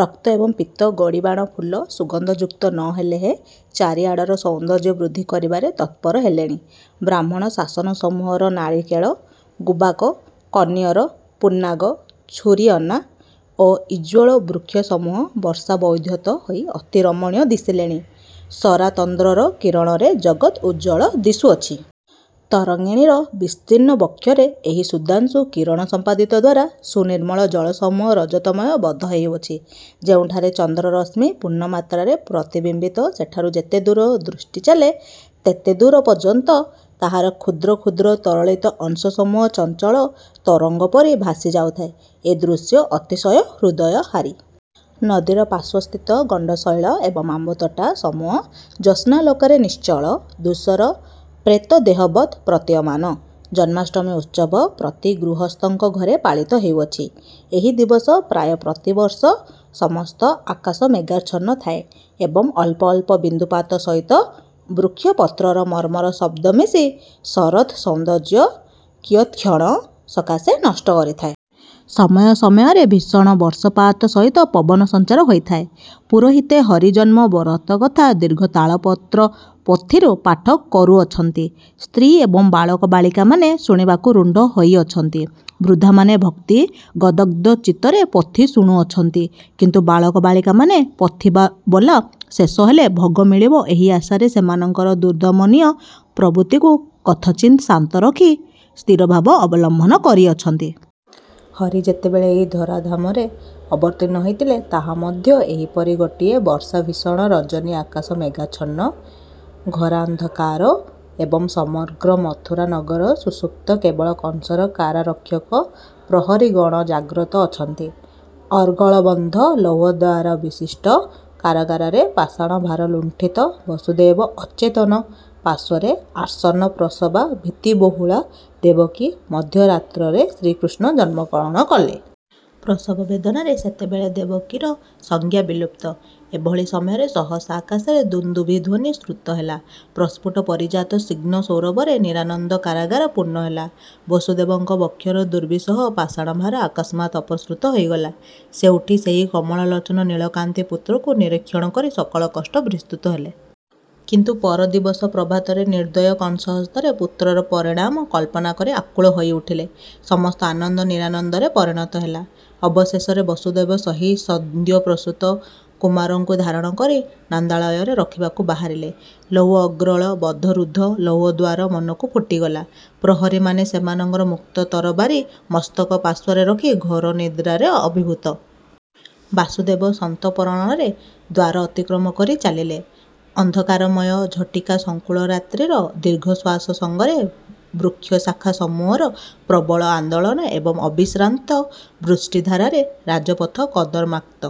ରକ୍ତ ଏବଂ ପୀତ ଗୋଡ଼ିବାଣ ଫୁଲ ସୁଗନ୍ଧଯୁକ୍ତ ନ ହେଲେହେଁ ଚାରିଆଡ଼ର ସୌନ୍ଦର୍ଯ୍ୟବୃଦ୍ଧି କରିବାରେ ତତ୍ପର ହେଲେଣି। ବ୍ରାହ୍ମଣ ଶାସନ ସମୂହର ନାରିକେଳ, ଗୁବାକ, କନିଅର, ପୁନ୍ନାଗ, ଛୁରିଅନା, ଓ ଇଜ୍ଜଳ ବୃକ୍ଷସମୂହ ବର୍ଷାବିଧୌତ ହୋଇ ଅତି ରମଣୀୟ ଦିଶିଲେଣି। ଶରାତନ୍ଦ୍ରର କିରଣରେ ଜଗତ୍ ଉଜ୍ଜ୍ୱଳ ଦିଶୁଅଛି। ତରଙ୍ଗିଣୀର ବିସ୍ତୀର୍ଣ୍ଣ ବକ୍ଷରେ ଏହି ସୁଧାଂଶୁ କିରଣସମ୍ପାଦିତଦ୍ୱାରା ସୁନିର୍ମଳ ଜଳସମୂହ ରଜତମୟ ବୋଧ ହେଉଅଛି। ଯେଉଁଠାରେ ଚନ୍ଦ୍ରରଶ୍ମି ପୂର୍ଣ୍ଣମାତ୍ରାରେ ପ୍ରତିବିମ୍ୱିତ ସେଠାରୁ ଯେତେଦୂର ଦୃଷ୍ଟି ଚାଲେ, ତେତେଦୂର ପର୍ଯ୍ୟନ୍ତ ତାହାର କ୍ଷୁଦ୍ର କ୍ଷୁଦ୍ର ତରଳିତ ଅଂଶସମୂହ ଚଞ୍ଚଳ ତରଙ୍ଗପରି ଭାସି ଯାଉଥାଏ ଏ ଦୃଶ୍ୟ ଅତିଶୟ ହୃଦୟହାରୀ! ନଦୀର ପାର୍ଶ୍ୱସ୍ଥିତ ଗଣ୍ଡଶୈଳ ଏବଂ ଆମ୍ୱତୋଟା ସମୂହ ଜ୍ୟୋତ୍ସ୍ନାଲୋକରେ ନିଶ୍ଚଳ, ଧୂସର ପ୍ରେତଦେହବତ୍ ପ୍ରତୀୟମାନ! ଜନ୍ମାଷ୍ଟମୀ ଉତ୍ସବ ପ୍ରତି ଗୃହସ୍ଥଙ୍କ ଘରେ ପାଳିତ ହେଉଅଛି। ଏହି ଦିବସ ପ୍ରାୟ ପ୍ରତି ବର୍ଷ ସମସ୍ତ ଆକାଶ ମେଘାଚ୍ଛନ୍ନ ଥାଏ ଏବଂ ଅଳ୍ପ ଅଳ୍ପ ବିନ୍ଦୁପାତ ସହିତ ବୃକ୍ଷପତ୍ରର ମର୍ମର ଶବ୍ଦ ମିଶି ଶରତ୍-ସୌନ୍ଦର୍ଯ୍ୟ କିୟତ୍କ୍ଷଣ ସକାଶେ ନଷ୍ଟ କରିଥାଏ। ସମୟ ସମୟରେ ଭୀଷଣ ବର୍ଷ ପାତ ସହିତ ପବନସଞ୍ଚାର ହୋଇଥାଏ। ପୁରୋହିତେ ହରିଜନ୍ମ ବ୍ରତ କଥା ଦୀର୍ଘ ତାଳପତ୍ର ପୋଥିରୁ ପାଠ କରୁଅଛନ୍ତି, ସ୍ତ୍ରୀ ଏବଂ ବାଳକ ବାଳିକାମାନେ ଶୁଣିବାକୁ ରୁଣ୍ଡ ହୋଇଅଛନ୍ତି। ବୃଦ୍ଧାମାନେ ଭକ୍ତି ଗଦ୍ଗଦ ଚିତ୍ତରେ ପୋଥି ଶୁଣୁଅଛନ୍ତି, କିନ୍ତୁ ବାଳକ ବାଳିକାମାନେ ପୋଥିବୋଲା ଶେଷ ହେଲେ ଭୋଗ ମିଳିବ ଏହି ଆଶାରେ ସେମାନଙ୍କର ଦୁର୍ଦମନୀୟ ପ୍ରବୃତ୍ତିକୁ କଥଞ୍ଚିତ୍ ଶାନ୍ତ ରଖି ସ୍ଥିରଭାବ ଅବଲମ୍ୱନ କରିଅଛନ୍ତି। ହରି ଯେତେବେଳେ ଏହି ଧରାଧାମରେ ଅବତୀର୍ଣ୍ଣ ହୋଇଥିଲେ ତାହା ମଧ୍ୟ ଏହିପରି ଗୋଟିଏ ବର୍ଷାଭୀଷଣ ରଜନୀ ଆକାଶ ମେଘାଚ୍ଛନ୍ନ ଘୋରାନ୍ଧକାର ଏବଂ ସମଗ୍ର ମଥୁରା ନଗର ସୁଷୁପ୍ତ କେବଳ କଂସର କାରାରକ୍ଷକ ପ୍ରହରିଗଣ ଜାଗ୍ରତ ଅଛନ୍ତି। ଅର୍ଗଳବଦ୍ଧ ଲୌହଦ୍ୱାରବିଶିଷ୍ଠ କାରାଗାରରେ ପାଷାଣଭାରଲୁଣ୍ଠିତ ବସୁଦେବ ଅଚେତନ ପାର୍ଶ୍ୱରେ ଆସନ୍ନ ପ୍ରସବା ଭୀତିବିହ୍ୱଳା ଦେବକୀ ମଧ୍ୟରାତ୍ରରେ ଶ୍ରୀକୃଷ୍ଣ ଜନ୍ମଗ୍ରହଣ କଲେ। ପ୍ରସବବେଦନାରେ ସେତେବେଳେ ଦେବକୀର ସଂଜ୍ଞା ବିଲୁପ୍ତ। ଏଭଳି ସମୟରେ ସହସା ଆକାଶରେ ଦୁନ୍ଦୁଭି ଧ୍ୱନି ଶ୍ରୁତ ହେଲା ପ୍ରସ୍ଫୁଟ ପାରିଜାତ ସ୍ନିଗ୍ଧ ସୌରଭରେ ନିରାନନ୍ଦ କାରାଗାର ପୂର୍ଣ୍ଣ ହେଲା ବସୁଦେବଙ୍କ ବକ୍ଷର ଦୁର୍ବିସହ ପାଷାଣଭାର ଅକସ୍ମାତ୍ ଅପସୃତ ହୋଇଗଲା। ସେ ଉଠି ସେହି କମଳଲୋଚନ ନୀଳକାନ୍ତି ପୁତ୍ରକୁ ନିରୀକ୍ଷଣ କରି ସକଳ କଷ୍ଟ ବିସ୍ମୃତ ହେଲେ। କିନ୍ତୁ ପରଦିବସ ପ୍ରଭାତରେ ନିର୍ଦୟ କଂସ ହସ୍ତରେ ପୁତ୍ରର ପରିଣାମ କଳ୍ପନା କରି ଆକୁଳ ହୋଇ ଉଠିଲେ, ସମସ୍ତ ଆନନ୍ଦ ନିରାନନ୍ଦରେ ପରିଣତ ହେଲା। ଅବଶେଷରେ ବସୁଦେବ ସେହି ସଦ୍ୟଃପ୍ରସୂତ କୁମାରଙ୍କୁ ଧାରଣ କରି ନନ୍ଦାଳୟରେ ରଖିବାକୁ ବାହାରିଲେ, ଲୌହ ଅର୍ଗଳ ବଦ୍ଧ ରୁଦ୍ଧ ଲୌହଦ୍ୱାର ମନକୁ ଫିଟିଗଲା, ପ୍ରହରିମାନେ ସେମାନଙ୍କର ମୁକ୍ତ ତରବାରି ମସ୍ତକପାର୍ଶ୍ୱରେ ରଖି ଘୋର ନିଦ୍ରାରେ ଅଭିଭୂତ! ବାସୁଦେବ ସନ୍ତର୍ପଣରେ ଦ୍ୱାର ଅତିକ୍ରମ କରି ଚାଲିଲେ। ଅନ୍ଧକାରମୟ, ଝଟିକା ସଂକୁଳ ରାତ୍ରିର ଦୀର୍ଘଶ୍ୱାସ ସଙ୍ଗରେ ବୃକ୍ଷଶାଖାସମୂହର ପ୍ରବଳ ଆନ୍ଦୋଳନ ଏବଂ ଅବିଶ୍ରାନ୍ତ ବୃଷ୍ଟିଧାରାରେ ରାଜପଥ କର୍ଦମାକ୍ତ।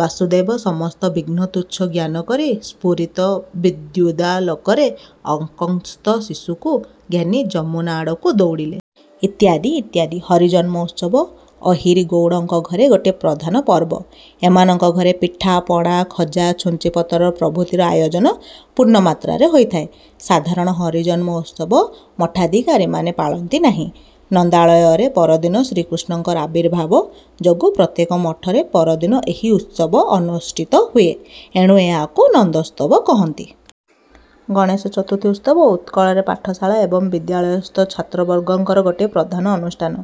ବାସୁଦେବ ସମସ୍ତ ବିଘ୍ନ ତୁଚ୍ଛ ଜ୍ଞାନ କରି ସ୍ଫୁରିତ ବିଦ୍ୟୁଦାଲୋକରେ ଅଙ୍କସ୍ଥ ଶିଶୁକୁ ଘେନି ଯମୁନା ଆଡ଼କୁ ଦଉଡ଼ିଲେ। ଇତ୍ୟାଦି, ଇତ୍ୟାଦି। ହରିଜନ୍ମ ଉତ୍ସବ ଅହିରି ଗଉଡ଼ଙ୍କ ଘରେ ଗୋଟିଏ ପ୍ରଧାନ ପର୍ବ। ଏମାନଙ୍କ ଘରେ ପିଠା, ପଣା, ଖଜା, ଛୁଞ୍ଚିପତର ପ୍ରଭୃତିର ଆୟୋଜନ ପୂର୍ଣ୍ଣମାତ୍ରାରେ ହୋଇଥାଏ। ସାଧାରଣ ହରିଜନ୍ମ ଉତ୍ସବ ମଠାଧିକାରିମାନେ ପାଳନ୍ତି ନାହିଁ। ନନ୍ଦାଳୟରେ ପରଦିନ ଶ୍ରୀକୃଷ୍ଣଙ୍କର ଆବିର୍ଭାବ ଯୋଗୁଁ ପ୍ରତ୍ୟେକ ମଠରେ ପରଦିନ ଏହି ଉତ୍ସବ ଅନୁଷ୍ଠିତ ହୁଏ ଏଣୁ ଏହାକୁ ନନ୍ଦୋତ୍ସବ କହନ୍ତି। ଗଣେଶଚତୁର୍ଥୀ ଉତ୍ସବ ଉତ୍କଳରେ ପାଠଶାଳା ଏବଂ ବିଦ୍ୟାଳୟସ୍ଥ ଛାତ୍ରବର୍ଗଙ୍କର ଗୋଟିଏ ପ୍ରଧାନ ଅନୁଷ୍ଠାନ।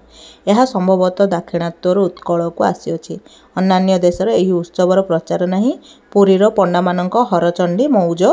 ଏହା ସମ୍ଭବତଃ ଦାକ୍ଷିଣାତ୍ୟରୁ ଉତ୍କଳକୁ ଆସିଅଛି। ଅନ୍ୟାନ୍ୟ ଦେଶରେ ଏହି ଉତ୍ସବର ପ୍ରଚାର ନାହିଁ। ପୁରୀର ପଣ୍ଡାମାନଙ୍କ ହରଚଣ୍ଡୀ ମଉଜ